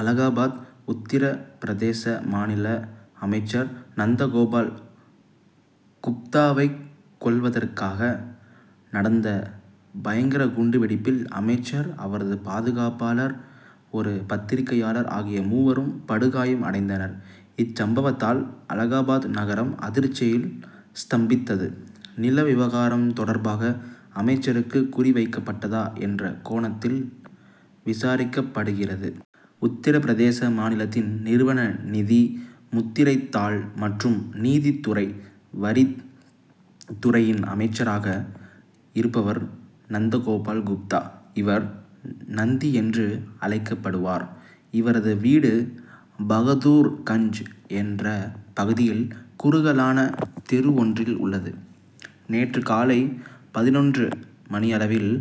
அலகாபாத் உத்தரபிரதேச மாநில அமைச்சர் நந்த கோபால் குப்தாவைக் கொல்வதற்காக நடந்த பயங்கர குண்டு வெடிப்பில் அமைச்சர், அவரது பாதுகாப்பாளர், ஒரு பத்திரிகையாளர் ஆகிய மூவரும் படுகாயம் அடைந்தனர். இச்சம்பவத்தால் அலகாபாத் நகரம் அதிர்ச்சியில் ஸ்தம்பித்தது. நில விவகாரம் தொடர்பாக அமைச்சருக்கு குறி வைக்கப்பட்டதா என்ற கோணத்தில் விசாரிக்கப்படுகிறது. உத்தரபிரதேச மாநிலத்தின், நிறுவன நிதி, முத்திரைத் தாள் மற்றும் நீதித்துறை வரித் துறையின் அமைச்சராக இருப்பவர் நந்தகோபால் குப்தா. இவர், நந்தி என்று அழைக்கப்படுவார். இவரது வீடு பகதூர்கஞ்ச் என்ற பகுதியில் குறுகலான தெரு ஒன்றில் உள்ளது. நேற்று காலை பதினொன்று மணியளவில்,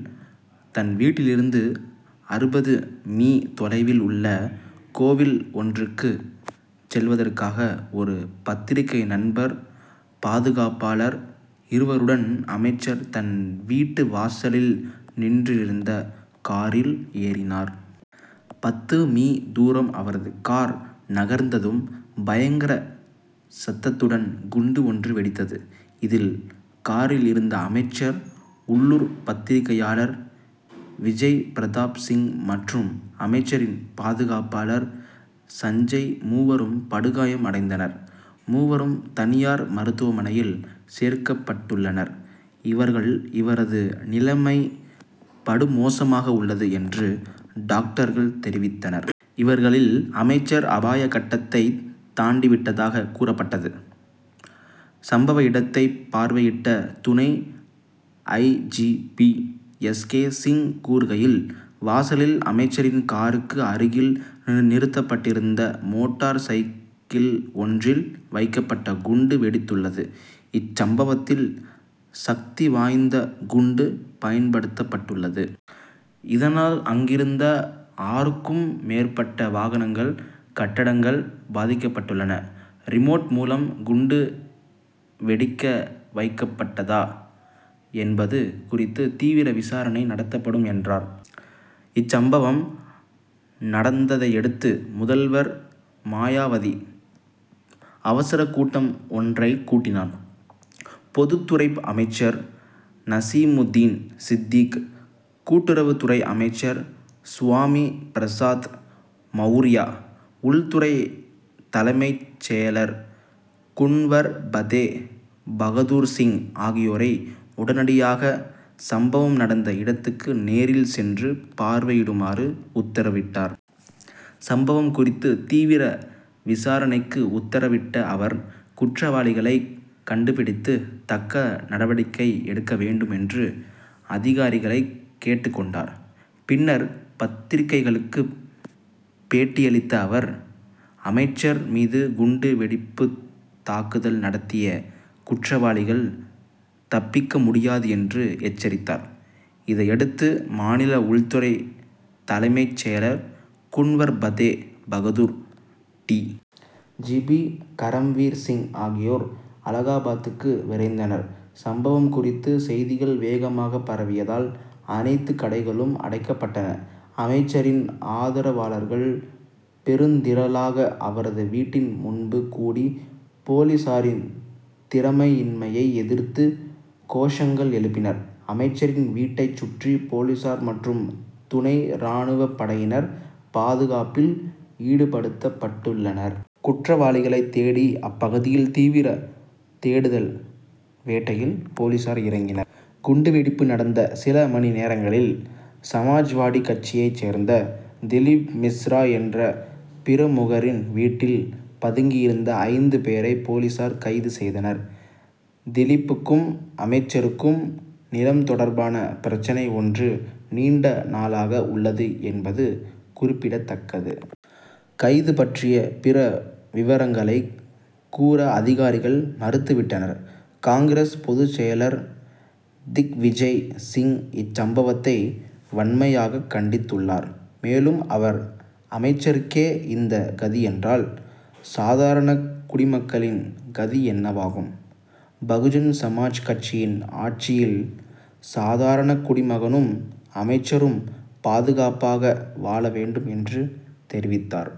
தன் வீட்டிலிருந்து அறுபது மீ தொலைவில் உள்ள கோவில் ஒன்றுக்குச் செல்வதற்காக, ஒரு பத்திரிகை நண்பர், பாதுகாப்பாளர் இருவருடன் அமைச்சர் தன் வீட்டு வாசலில் நின்றிருந்த காரில் ஏறினார். பத்து மீ., தூரம் அவரது கார் நகர்ந்ததும் பயங்கர சத்தத்துடன் குண்டு ஒன்று வெடித்தது. இதில், காரில் இருந்த அமைச்சர், உள்ளூர் பத்திரிகையாளர் விஜய் பிரதாப் சிங் மற்றும் அமைச்சரின் பாதுகாப்பாளர் சஞ்சய் மூவரும் படுகாயம் அடைந்தனர். மூவரும், தனியார் மருத்துவமனையில் சேர்க்கப்பட்டுள்ளனர். இவர்கள் இவரது நிலைமை படுமோசமாக உள்ளது என்று டாக்டர்கள் தெரிவித்தனர். இவர்களில் அமைச்சர் அபாய கட்டத்தைத் தாண்டி விட்டதாக கூறப்பட்டது. சம்பவ இடத்தைப் பார்வையிட்ட துணை I. G. P., S. K. Singh கூறுகையில், வாசலில் அமைச்சரின் காருக்கு அருகில் நிறுத்தப்பட்டிருந்த மோட்டார் சைக்கிள் ஒன்றில் வைக்கப்பட்ட குண்டு வெடித்துள்ளது. இச்சம்பவத்தில் சக்தி வாய்ந்த குண்டு பயன்படுத்தப்பட்டுள்ளது. இதனால் அங்கிருந்த ஆறுக்கும் மேற்பட்ட வாகனங்கள், கட்டடங்கள் பாதிக்கப்பட்டுள்ளன. ரிமோட் மூலம் குண்டு வெடிக்க வைக்கப்பட்டதா என்பது குறித்து தீவிர விசாரணை நடத்தப்படும் என்றார். இச்சம்பவம் நடந்ததையடுத்து முதல்வர் மாயாவதி, அவசரக் கூட்டம் ஒன்றைக் கூட்டினார். பொதுத்துறை அமைச்சர் நசீமுதீன் சித்திக், கூட்டுறவுத் துறை அமைச்சர் சுவாமி பிரசாத் மவுர்யா, உள்துறை தலைமைச் செயலர் குன்வர் பதே பகதூர்சிங் ஆகியோரை உடனடியாக சம்பவம் நடந்த இடத்துக்கு நேரில் சென்று பார்வையிடுமாறு உத்தரவிட்டார். சம்பவம் குறித்து தீவிர விசாரணைக்கு உத்தரவிட்ட அவர், குற்றவாளிகளைக் கண்டுபிடித்து தக்க நடவடிக்கை எடுக்க வேண்டும் என்று அதிகாரிகளைக் கேட்டுக் கொண்டார். பின்னர் பத்திரிகைகளுக்குப் பேட்டியளித்த அவர், அமைச்சர் மீது குண்டு வெடிப்புத் தாக்குதல் நடத்திய குற்றவாளிகள் தப்பிக்க முடியாது என்று எச்சரித்தார். இதையடுத்து மாநில உள்துறை தலைமைச் செயலர் Kunwar Fateh Bahadur, D. G. P., Karamvir Singh ஆகியோர் அலகாபாத்துக்கு விரைந்தனர். சம்பவம் குறித்து செய்திகள் வேகமாகப் பரவியதால் அனைத்துக் கடைகளும் அடைக்கப்பட்டன. அமைச்சரின் ஆதரவாளர்கள் பெருந்திரளாக அவரது வீட்டின் முன்பு கூடி போலீசாரின் திறமையின்மையை எதிர்த்து கோஷங்கள் எழுப்பினர். அமைச்சரின் வீட்டைச் சுற்றி போலீசார் மற்றும் துணை ராணுவப் படையினர் பாதுகாப்பில் ஈடுபடுத்தப்பட்டுள்ளனர். குற்றவாளிகளைத் தேடி அப்பகுதியில் தீவிர தேடுதல் வேட்டையில் போலீசார் இறங்கினர். குண்டு வெடிப்பு நடந்த சில மணிநேரங்களில், சமாஜ்வாடி கட்சியைச் சேர்ந்த திலிப் மிஸ்ரா என்ற பிரமுகரின் வீட்டில் பதுங்கியிருந்த ஐந்து பேரை போலீசார் கைது செய்தனர். திலிப்புக்கும் அமைச்சருக்கும் நிலம் தொடர்பான பிரச்னை ஒன்று நீண்ட நாளாக உள்ளது என்பது குறிப்பிடத்தக்கது. கைது பற்றிய பிற விவரங்களைக் கூற அதிகாரிகள் மறுத்துவிட்டனர். காங்கிரஸ் பொதுச் செயலர் திக்விஜய் சிங் இச்சம்பவத்தை வன்மையாகக் கண்டித்துள்ளார். மேலும் அவர், அமைச்சருக்கே இந்த கதி என்றால், சாதாரணக் குடிமக்களின் கதி என்னவாகும்? பகுஜன் சமாஜ் கட்சியின் ஆட்சியில் சாதாரணக் குடிமகனும் அமைச்சரும் பாதுகாப்பாக வாழ வேண்டும் என்று தெரிவித்தார்.